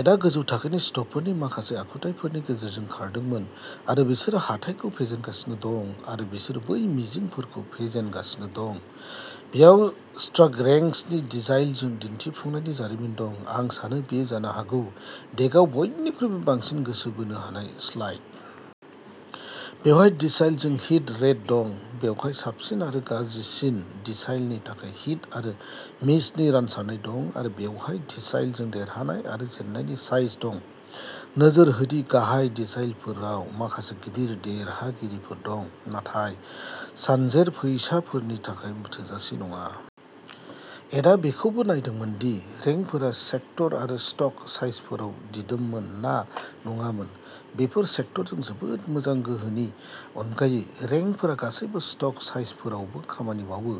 एडआ गोजौ थाखोनि स्टकफोरनि माखासे आखुथायफोरनि गेजेरजों खारदोंमोन आरो बिसोरो हाथाइखौ फेजेनगासिनो दं आरो बिसोरो बै मिजिंफोरखौ फेजेनगासिनो दं। बेयाव स्टकरेंक्सनि डिसाइलजों दिन्थिफुंनायनि जारिमिन दं। आं सानो बेयो जानो हागौ डेकआव बयनिख्रुइबो बांसिन गोसो बोनो हानाय स्लाइड। बेवहाय डिसाइलजों हिट रेट दं। बेवहाय साबसिन आरो गाज्रिसिन डिसाइलनि थाखाय हिट आरो मिसनि रानसारनाय दं आरो बेवहाय डिसाइलजों देरहानाय आरो जेननायनि साइज दं। नोजोर हो दि गाहाय दिसाइलफोराव माखासे गिदिर देरहागिरिफोर दं, नाथाय सानजेर फैसाफोरनि थाखाय थोजासे नङा। एडआ बेखौबो नायदोंमोन दि रेंकफोरा सेक्टर आरो स्टक साइजफोराव दिदोममोन ना नङामोन। बेफोर सेक्टरजों जोबोद मोजां, गोहोनि अनगायै। रेंकफोरा गासैबो स्टक साइजफोरावबो खामानि मावो,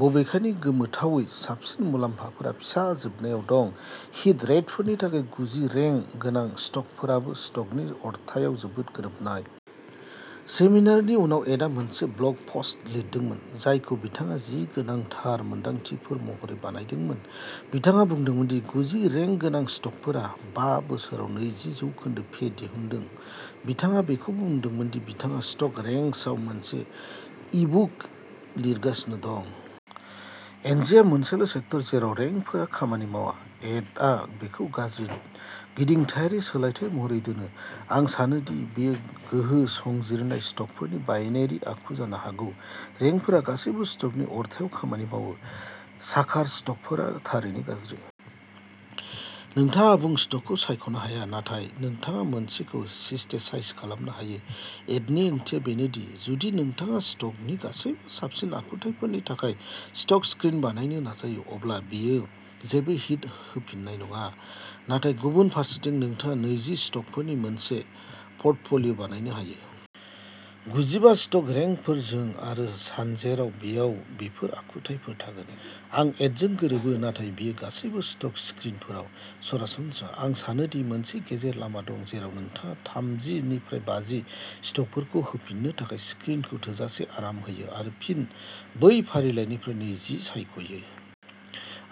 बबेखानि गोमोथावै साबसिन मुलाम्फाफोरा फिसा जोबनायाव दं। हिट रेटफोरनि थाखाय गुजि रेंक गोनां स्टकफोराबो स्टकनि अरथायाव जोबोद गोरोबनाय। सेमिनारनि उनाव, एडआ मोनसे ब्लग पस्ट लिरदोंमोन, जायखौ बिथाङा "जि गोनांथार मोनदांथिफोर" महरै बानायदोंमोन। बिथाङा बुंदोंमोन दि गुजि रेंक गोनां स्टकफोरा बा बोसोराव नैजि जौखोनदो पे दिहुनदों। बिथाङा बेखौबो बुंदोंमोन दि बिथाङा स्टक रेंक्सआव मोनसे ईबुक लिरगासिनो दं। एनजिया मोनसेल' सेक्टर जेराव रेंकफोरा खामानि मावा। एडआ बेखौ "गाज्रि गिदिंथायारि सोलायथाय" महरै दोनो। आं सानो दि बेयो गोहो संजिरनाय स्टकफोरनि बाइनेरि आखु जानो हागौ। रेंकफोरा गासैबो स्टकनि अरथायाव खामानि मावो। साकार स्टकफोरा थारैनो गाज्रि। नोंथाङा आबुं स्टकखौ सायख'नो हाया, नाथाय नोंथाङा मोनसेखौ सिस्टेसाइज खालामनो हायो। एडनि ओंथिया बेनो दि जुदि नोंथाङा स्टकनि गासैबो साबसिन आखुथायफोरनि थाखाय स्टक स्क्रिन बानायनो नाजायो, अब्ला बेयो जेबो हिट होफिननाय नङा। नाथाय गुबुन फारसेथिं, नोंथाङा नैजि स्टकफोरनि मोनसे प'र्टफ'लिय' बानायनो हायो। गुजिबा स्टक रेंकफोरजों आरो सानजेराव बेयाव बेफोर आखुथायफोर थागोन। आं एडजों गोरोबो, नाथाय बेयो गासैबो स्टक स्क्रिनफोराव सरासनस्रा। आं सानो दि मोनसे गेजेर लामा दं जेराव नोंथाङा थामजि निफ्राय बाजि स्टकफोरखौ होफिन्नो थाखाय स्क्रिनखौ थोजासे आराम होयो, आरो फिन बै फारिलाइनिफ्राय नैजि सायख'यो।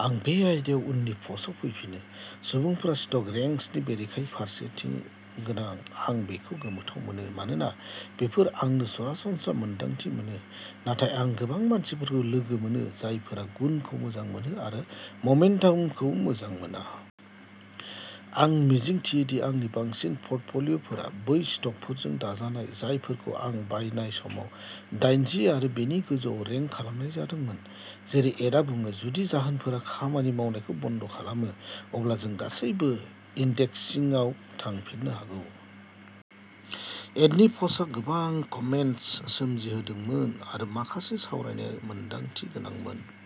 आं बे आयदायाव उननि पस्टआव फैफिनो। सुबुंफोरा स्टक रेंक्सनि बेरेखायै फारसेथि गोनां। आं बेखौ गोमोथाव मोनो, मानोना बेफोर आंनो सरासनस्रा मोनदांथि मोनो, नाथाय आं गोबां मानसिफोरखौ लोगो मोनो जायफोरा गुनखौ मोजां मोनो आरो ममेन्टामखौ मोजां मोना। आं मिजिंथियो दि आंनि बांसिन प'र्टफ'लिय'फोरा बै स्टकफोरजों दाजानाय जायफोरखौ आं बायनाय समाव दाइनजि आरो बेनि गोजौआव रेंक खालामनाय जादोंमोन। जेरै एडआ बुङो, जुदि जाहोनफोरा खामानि मावनायखौ बन्द' खालामो, अब्ला जों गासैबो इन्डेक्सिंआव थांफिननो हागौ। एडनि प'स्टआ गोबां कमेन्ट्स सोमजिहोदोंमोन, आरो माखासे सावरायनाया मोनदांथि गोनांमोन।